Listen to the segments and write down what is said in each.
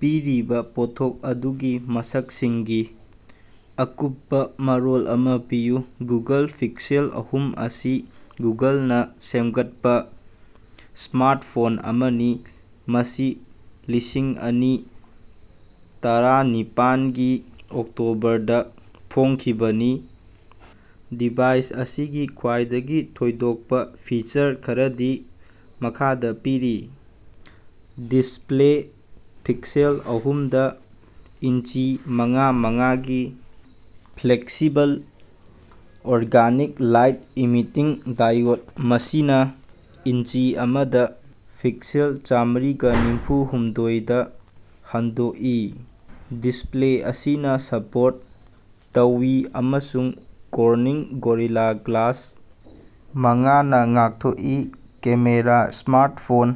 ꯄꯤꯔꯤꯕ ꯄꯣꯠꯊꯣꯛ ꯑꯗꯨꯒꯤ ꯃꯁꯛꯁꯤꯡꯒꯤ ꯑꯀꯨꯞꯄ ꯃꯔꯣꯜ ꯑꯃꯥ ꯄꯤꯌꯨ꯫ ꯒꯨꯒꯜ ꯄꯤꯛꯁꯦꯜ ꯑꯍꯨꯝ ꯑꯁꯤ ꯒꯨꯒꯜꯅ ꯁꯦꯝꯒꯠꯄ ꯁ꯭ꯃꯥꯔꯇꯐꯣꯟ ꯑꯃꯅꯤ, ꯃꯁꯤ ꯂꯤꯁꯤꯡ ꯑꯅꯤ ꯇꯔꯥꯅꯤꯄꯥꯟꯒꯤ ꯑꯣꯛꯇꯣꯕꯔꯗꯥ ꯐꯣꯡꯈꯤꯕꯅꯤ꯫ ꯗꯤꯚꯥꯏꯁ ꯑꯁꯤꯒꯤ ꯈ꯭ꯋꯥꯏꯗꯒꯤ ꯊꯣꯏꯗꯣꯛꯄ ꯐꯤꯆꯔ ꯈꯔꯗꯤ ꯃꯈꯥꯗ ꯄꯤꯔꯤ, ꯗꯤꯁꯞꯂꯦ ꯄꯤꯛꯁꯦꯜ ꯑꯍꯨꯝꯗ ꯏꯟꯆꯤ ꯃꯉꯥ .ꯃꯉꯥꯒꯤ flexible organic light emitting diode, ꯃꯁꯤꯅ ꯏꯟꯆꯤ ꯑꯃꯥꯗ ꯄꯤꯛꯁꯦꯜ ꯆꯥꯝꯃꯔꯤꯒ ꯅꯤꯐꯨ ꯍꯨꯝꯗꯣꯏꯗꯥ ꯍꯟꯗꯣꯛꯏ꯫ ꯗꯤꯁꯞꯂꯦ ꯑꯁꯤꯅ ꯁꯄꯣꯔꯠ ꯇꯧꯏ ꯑꯃꯁꯨꯡ ꯀꯣꯔꯅꯤꯡ ꯒꯣꯔꯤꯂꯥ ꯒ꯭ꯂꯥꯁ ꯃꯉꯥꯅ ꯉꯥꯡꯊꯣꯛꯏ ꯀꯦꯃꯦꯔꯥ ꯁ꯭ꯃꯥꯔꯇꯐꯣꯟ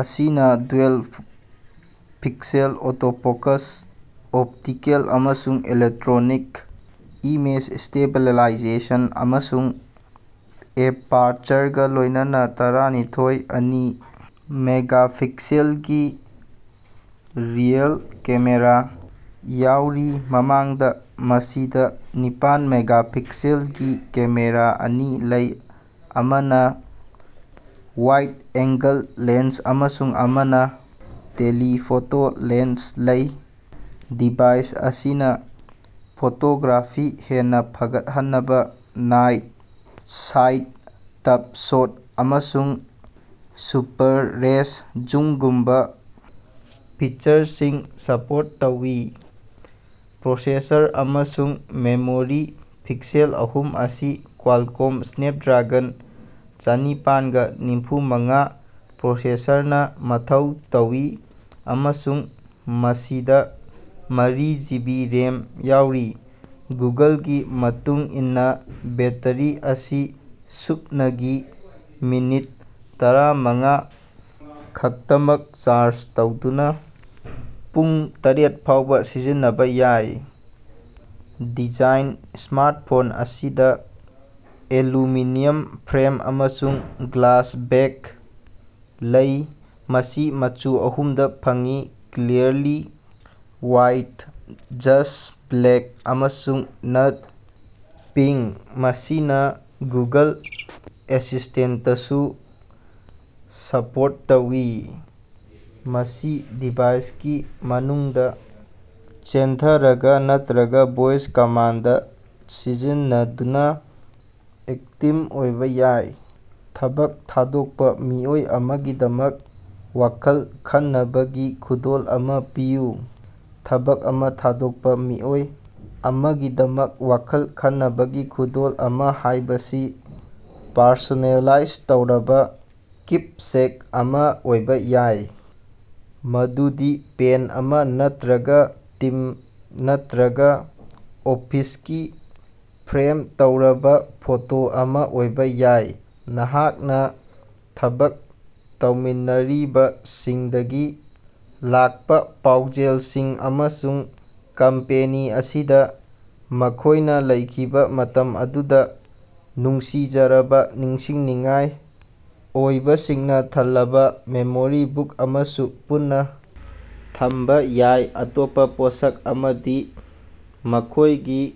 ꯑꯁꯤꯅꯥ ꯗ꯭ꯌꯨꯑꯦꯜ-ꯄꯤꯛꯁꯦꯜ ꯑꯣꯇꯣꯐꯣꯀꯁ, ꯑꯣꯞꯇꯤꯀꯦꯜ ꯑꯃꯁꯨꯡ ꯏꯂꯦꯛꯠꯔꯣꯅꯤꯛ ꯏꯃꯦꯖ ꯁ꯭ꯇꯦꯕꯤꯂꯥꯏꯖꯦꯁꯟ, ꯑꯃꯁꯨꯡ ꯑꯦꯄꯔꯆꯔꯒꯥ ꯂꯣꯏꯅꯅꯥ ꯇꯔꯥꯅꯤꯊꯣꯏ. ꯑꯅꯤ ꯃꯦꯒꯥꯄꯤꯛꯁꯦꯜꯒꯤ ꯔꯤꯑꯦꯔ ꯀꯦꯃꯦꯔꯥ ꯌꯥꯎꯔꯤ꯫ ꯃꯃꯥꯡꯗꯥ ꯃꯁꯤꯗꯥ ꯅꯤꯄꯥꯟ ꯃꯦꯒꯥꯄꯤꯛꯁꯦꯜꯒꯤ ꯀꯦꯃꯦꯔꯥ ꯑꯅꯤ ꯂꯩ, ꯑꯃꯅꯥ ꯋꯥꯏꯗ ꯑꯦꯉ꯭ꯒꯜ ꯂꯦꯟꯁ ꯑꯃꯁꯨꯡ ꯑꯃꯅꯥ ꯇꯦꯂꯤꯐꯣꯇꯣ ꯂꯦꯟꯁ ꯂꯩ꯫ ꯗꯤꯚꯥꯏꯁ ꯑꯁꯤꯅꯥ ꯐꯣꯇꯣꯒ꯭ꯔꯥꯐꯤ ꯍꯦꯟꯅꯥ ꯐꯒꯠꯍꯟꯅꯕ ꯅꯥꯏꯠ ꯁꯥꯏꯠ, ꯇꯞ ꯁꯣꯠ, ꯑꯃꯁꯨꯡ ꯁꯨꯄꯥꯔ ꯔꯦꯁ ꯖꯨꯃꯒꯨꯝꯕ ꯐꯤꯆꯔꯁꯤꯡ ꯁꯄꯣꯔꯠ ꯇꯧꯏ꯫ ꯄ꯭ꯔꯣꯁꯦꯁꯔ ꯑꯃꯁꯨꯡ ꯃꯦꯃꯣꯔꯤ ꯄꯤꯛꯁꯦꯜ ꯑꯍꯨꯝ ꯑꯁꯤ ꯀ꯭ꯕꯥꯂꯀꯣꯃ ꯁ꯭ꯅꯦꯄꯗ꯭ꯔꯒꯟ ꯆꯥꯅꯤꯄꯥꯟꯒ ꯅꯤꯐꯨꯃꯉꯥ ꯄ꯭ꯔꯣꯁꯦꯁꯔꯅꯥ ꯃꯊꯧ ꯇꯧꯏ ꯑꯃꯁꯨꯡ ꯃꯁꯤꯗꯥ ꯃꯔꯤ ꯖꯤꯕꯤ ꯔꯦꯝ ꯌꯥꯎꯔꯤ꯫ ꯒꯨꯒꯜꯒꯤ ꯃꯇꯨꯡ ꯏꯟꯅꯥ ꯕꯦꯠꯇꯔꯤ ꯑꯁꯤ ꯁꯨꯞꯅꯒꯤ ꯃꯤꯅꯤꯠ ꯇꯔꯥꯃꯉꯥ ꯈꯛꯇꯃꯛ ꯆꯥꯔꯖ ꯇꯧꯗꯨꯅꯥ ꯄꯨꯡ ꯇꯔꯦꯠ ꯐꯥꯎꯕ ꯁꯤꯖꯤꯟꯅꯕ ꯌꯥꯏ꯫ ꯗꯤꯖꯥꯏꯟ: ꯁ꯭ꯃꯥꯔꯇꯐꯣꯟ ꯑꯁꯤꯗ ꯑꯦꯂꯨꯃꯤꯅꯤꯌꯝ ꯐ꯭ꯔꯦꯝ ꯑꯃꯁꯨꯡ ꯒ꯭ꯂꯥꯁ ꯕꯦꯛ ꯂꯩ꯫ ꯃꯁꯤ ꯃꯆꯨ ꯑꯍꯨꯝꯗ ꯐꯪꯏ ꯀ꯭ꯂꯤꯌꯥꯔꯂꯤ ꯍꯣꯏꯠ, ꯖꯁ꯭ꯠ ꯕ꯭ꯂꯦꯛ ꯑꯃꯁꯨꯡ ꯅꯠ ꯄꯤꯉ꯭ꯛ꯫ ꯃꯁꯤꯅ ꯒꯨꯒꯜ ꯑꯦꯁꯤꯁ꯭ꯇꯦꯟꯇꯁꯨ ꯁꯄꯣꯔꯠ ꯇꯧꯏ, ꯃꯁꯤ ꯗꯤꯚꯥꯏꯁꯀꯤ ꯃꯅꯥꯛꯇ ꯆꯦꯟꯊꯥꯔꯒ ꯅꯠꯠꯔꯒ ꯚꯣꯏꯁ ꯀꯃꯥꯟꯗ ꯁꯤꯖꯤꯟꯅꯗꯨꯅ ꯑꯦꯛꯇꯤꯝ ꯑꯣꯏꯕ ꯌꯥꯏ꯫ ꯊꯕꯛ ꯊꯥꯗꯣꯛꯄ ꯃꯤꯑꯣꯏ ꯑꯃꯥꯒꯤꯗꯃꯛ ꯋꯥꯈꯜ ꯈꯟꯅꯕꯒꯤ ꯈꯨꯗꯣꯜ ꯑꯃꯥ ꯄꯤꯌꯨ꯫ ꯊꯕꯛ ꯑꯃꯥ ꯊꯥꯗꯣꯛꯄꯥ ꯃꯤꯑꯣꯏ ꯑꯃꯥꯒꯤꯗꯃꯛ ꯋꯥꯈꯜ ꯈꯟꯅꯕꯒꯤ ꯈꯨꯗꯣꯜ ꯑꯃꯥ ꯍꯥꯏꯕꯁꯤ ꯄꯔꯁꯣꯅꯦꯂꯥꯏꯖ ꯇꯧꯔꯕ ꯀꯤꯄꯁꯦꯛ ꯑꯃꯥ ꯑꯣꯏꯕ ꯌꯥꯏ, ꯃꯗꯨꯗꯤ ꯄꯦꯟ ꯑꯃꯥ ꯅꯠꯠꯔꯒꯥ ꯇꯤꯝ ꯅꯠꯠꯔꯒꯥ ꯑꯣꯐꯤꯁꯀꯤ ꯐ꯭ꯔꯦꯝ ꯇꯧꯔꯕ ꯐꯣꯇꯣ ꯑꯃꯥ ꯑꯣꯏꯕ ꯌꯥꯏ꯫ ꯅꯍꯥꯛꯅ ꯊꯕꯛ ꯇꯧꯃꯤꯟꯅꯔꯤꯕꯁꯤꯡꯗꯒꯤ ꯂꯥꯛꯄ ꯄꯥꯎꯖꯦꯜꯁꯤꯡ ꯑꯃꯁꯨꯡ ꯀꯝꯄꯦꯅꯤ ꯑꯁꯤꯗ ꯃꯈꯣꯏꯅ ꯂꯩꯈꯤꯕ ꯃꯇꯝ ꯑꯗꯨꯒꯤ ꯅꯨꯡꯁꯤꯖꯔꯕꯥ ꯅꯤꯡꯁꯤꯡꯅꯤꯡꯉꯥꯏ ꯑꯣꯏꯕꯁꯤꯡꯅ ꯊꯜꯂꯕ ꯃꯦꯃꯣꯔꯤ ꯕꯨꯛ ꯑꯃꯁꯨ ꯄꯨꯟꯅ ꯊꯝꯕ ꯌꯥꯏ꯫ ꯑꯇꯣꯞꯄ ꯑꯣꯄꯁꯟ ꯑꯃꯗꯤ ꯃꯈꯣꯏꯒꯤ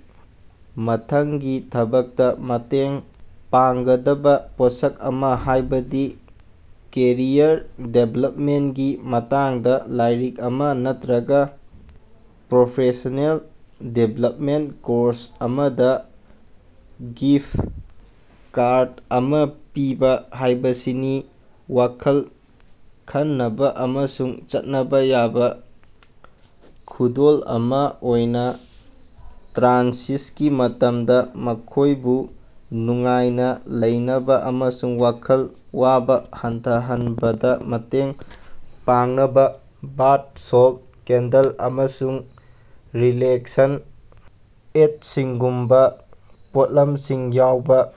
ꯃꯊꯪꯒꯤ ꯊꯕꯛꯇ ꯃꯇꯦꯡ ꯄꯥꯡꯒꯗꯕ ꯄꯣꯠꯁꯛ ꯑꯃꯥ, ꯍꯥꯏꯕꯗꯤ ꯀꯦꯔꯤꯌꯔ ꯗꯤꯚꯦꯂꯄꯃꯦꯟꯇꯒꯤ ꯃꯇꯥꯡꯗ ꯂꯥꯏꯔꯤꯛ ꯑꯃꯥ ꯅꯠꯠꯔꯒ ꯄ꯭ꯔꯣꯐꯦꯁꯅꯦꯜ ꯗꯤꯚꯦꯂꯄꯃꯦꯟꯇ ꯀꯣꯔꯁ ꯑꯃꯗ ꯒꯤꯐꯠ ꯀꯥꯔꯠ ꯑꯃꯥ ꯄꯤꯕ ꯍꯥꯏꯕꯁꯤꯅꯤ꯫ ꯋꯥꯈꯜ ꯈꯟꯅꯕ ꯑꯃꯁꯨꯡ ꯆꯠꯅꯕ ꯌꯥꯕ ꯈꯨꯗꯣꯜ ꯑꯃꯥ ꯑꯣꯏꯅ ꯇ꯭ꯔꯥꯟꯁꯤꯁꯒꯤ ꯃꯇꯝꯗ ꯃꯈꯣꯏꯕꯨ ꯅꯨꯡꯉꯥꯏꯅ ꯂꯩꯅꯕ ꯑꯃꯁꯨꯡ ꯋꯥꯈꯜ ꯋꯥꯕ ꯍꯟꯊꯍꯟꯅꯕꯗ ꯃꯇꯦꯡ ꯄꯥꯡꯅꯕ ꯕꯥꯊ ꯁꯣꯜꯇ, ꯀꯦꯟꯗꯜ, ꯑꯃꯁꯨꯡ ꯔꯤꯂꯦꯛꯁꯟ ꯑꯦꯗꯁꯤꯡꯒꯨꯝꯕꯥ ꯄꯣꯠꯂꯝꯁꯤꯡ ꯌꯥꯎꯕ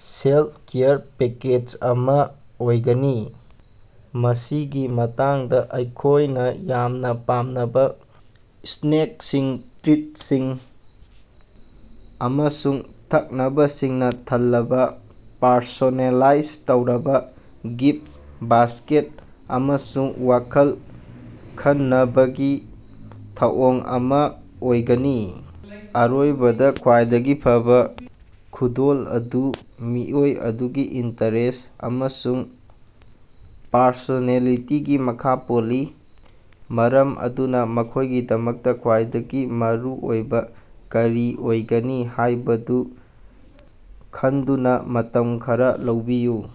ꯁꯦꯂꯐ-ꯀꯦꯌꯔ ꯄꯦꯀꯦꯖ ꯑꯃꯥ ꯑꯣꯏꯒꯅꯤ꯫ ꯃꯁꯤꯒꯤ ꯃꯊꯛꯇꯥ, ꯃꯈꯣꯌꯅꯥ ꯌꯥꯝꯅꯥ ꯄꯥꯝꯅꯕꯥ ꯁ꯭ꯅꯦꯀꯁꯤꯡ, ꯇ꯭ꯔꯤꯠꯁꯤꯡ ꯑꯃꯁꯨꯡ ꯊꯛꯅꯕꯁꯤꯡꯅ ꯊꯜꯂꯕꯥ ꯄꯔꯁꯣꯅꯦꯂꯥꯏꯖ ꯇꯧꯔꯕ ꯒꯤꯐꯠ ꯕꯥꯁ꯭ꯀꯦꯠ ꯑꯃꯁꯨ ꯋꯥꯈꯜ ꯈꯅꯕꯒꯤ ꯊꯧꯑꯣꯡ ꯑꯃꯥ ꯑꯣꯏꯒꯅꯤ꯫ ꯑꯔꯣꯏꯕꯗꯥ, ꯈ꯭ꯕꯥꯏꯗꯒꯤ ꯐꯕꯥ ꯈꯨꯗꯣꯜ ꯑꯗꯨ ꯃꯤꯑꯣꯏ ꯑꯗꯨꯒꯤ ꯏꯟꯇꯔꯦꯁ꯭ꯠ ꯑꯃꯁꯨꯡ ꯄꯔꯁꯣꯅꯦꯂꯤꯇꯤꯒꯤ ꯃꯈꯥ ꯄꯣꯜꯂꯤ, ꯃꯔꯝ ꯑꯗꯨꯅꯥ ꯃꯈꯣꯏꯒꯤꯗꯃꯛꯇꯥ ꯈ꯭ꯋꯥꯏꯗꯒꯤ ꯃꯔꯨꯑꯣꯏꯕ ꯀꯔꯤ ꯑꯣꯏꯒꯅꯤ ꯍꯥꯏꯕꯗꯨ ꯈꯟꯗꯨꯅ ꯃꯇꯝ ꯈꯔꯥ ꯂꯧꯕꯤꯌꯨ꯫